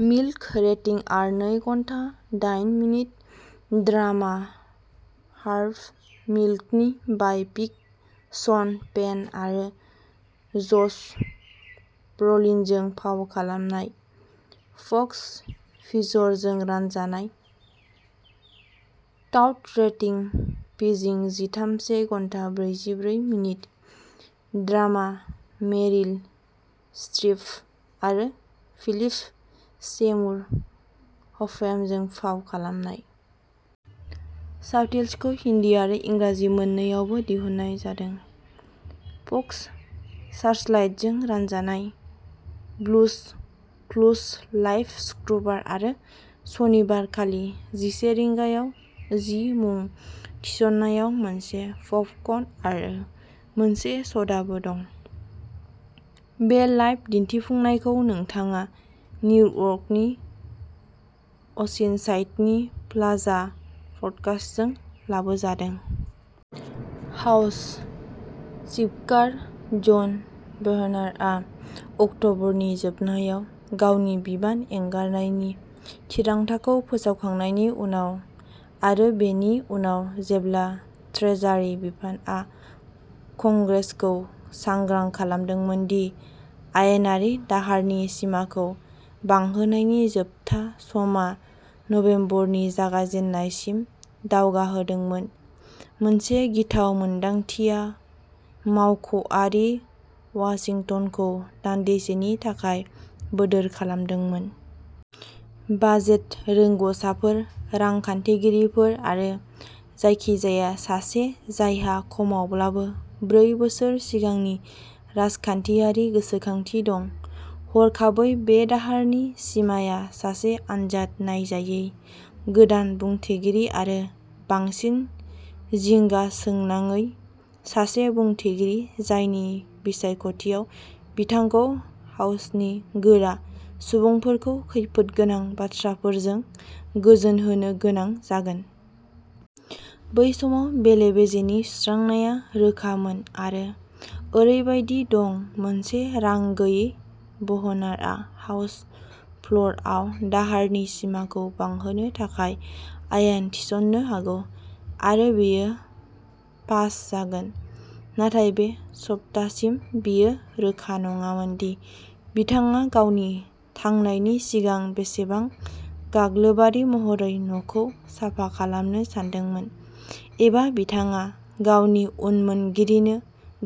"Milk" rating R, नै घन्टा दाइन मिनिट। ड्रामा। हार्भि मिल्कनि बाय'पिक। शन पेन आरो जश ब्र'लिनजों फाव खालामनाय। फ'क्स फिचरजों रानजानाय। "डाउट" रेटिं पिजि जिथाम, से घन्टा ब्रैजिब्रै मिनिट। ड्रामा मेरिल स्ट्रिप आरो फिलिप सेमुर हफम्यानजों फाव खालामनाय। साबटिल्सखौ हिन्दी आरो इंराजि मोन्नैावबो दिहुननाय जादों। फक्स सार्चलाइटजों रानजानाय। "ब्लुज क्लुज लाइभ" शुक्रबार आरो सनिबार खालि जिसे रिंगायाव। जि मुं थिसननायाव मोनसे पपकर्न आरो मोनसे स'डाबो दं, बे लाइभ दिन्थिफुंनायखौ नोंथाङा निउयर्कनि अ'सिनसाइडनि प्लाजा प्रडकासजों लाबोजादों। हाउस सिपकार जन ब'हनारआ अक्ट'बरनि जोबनायाव गावनि बिबान एंगारनायनि थिरांथाखौ फोसावखांनायनि उनाव, आरो बेनि उनाव जेब्ला ट्रेजारि बिफानआ कंग्रेसखौ सांग्रां खालामदोंमोन दि आयेनारि दाहारनि सिमाखौ बांहोनायनि जोबथा समआ नबेम्बरनि जागायजेन्नायसिम दावगाहोदोंमोन, मोनसे गिथाव मोन्दांथिया मावख'आरि वाशिंटनखौ दानदिसेनि थाखाय बोदोर खालामदोंमोन। बाजेट रोंग'साफोर, रांखान्थिगिरिफोर, आरो जायखिजाया सासे जायहा खमावब्लाबो ब्रै बोसोर सिगांनि राजखान्थियारि गोसोखांथि दं, हरखाबै बे दाहारनि सिमाआ सासे आनजाद नायजायै गोदान बुंथिगिरि-आरो, बांसिन जिंगासोनांयै, सासे बुंथिगिरि जायनि बिसायख'थियाव बिथांखौ हाउसनि गोरा सुबुंफोरखौ खैफोदगोनां बाथ्राफोरजों गोजोनहोनो गोनां जागोन। बै समाव बेले-बेजेनि सुस्रांनाया रोखामोन, आरो ओरैबायदि दंः मोनसे रां गैयै ब'हनारआ हाउस फ्ल'रआव दाहारनि सिमाखौ बांहोनो थाखाय आयेन थिसन्नो हागौ, आरो बेयो पास जागोन। नाथाय बे सप्तासिम बेयो रोखा नङामोन दि बिथाङा गावनि थांनायनि सिगां बेसेबां गाग्लोबारि महरै न'खौ साफा खालामनो सानदोंमोन, एबा बिथाङा गावनि उनमोनगिरिनो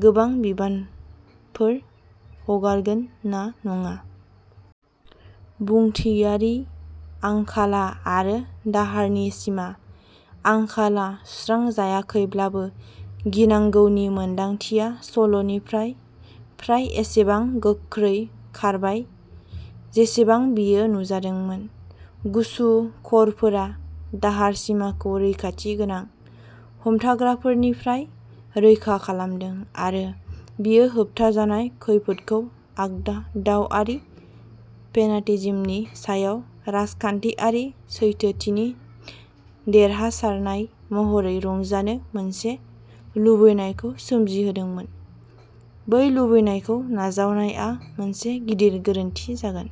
गोबां बिबानफोर हगारगोन ना नङा। बिबुंथिारि आंखाला आरो दाहारनि सिमा आंखाला सुस्रांजायाखैब्लाबो, गिनांगौनि मोनदांथिया सल'निफ्राय फ्राय एसेबां गोख्रै खारबाय जेसेबां बेयो नुजादोंमोन। गुसु खर'फोरा दाहार सिमाखौ रैखाथि गोनां हमथाग्राफोरनिफ्राय रैखा खालामदों। आरो बेयो होबथाजानाय खैफोदखौ आगदा-दावआरि फेनाटिजिमनि सायाव राजखान्थियारि सैथोथिनि देरहासारनाय महरै रंजानो मोनसे लुबैनायखौ सोमजिहोदोंमोन। बै लुबैनायखौ नाजावनाया मोनसे गिदिर गोरोन्थि जागोन।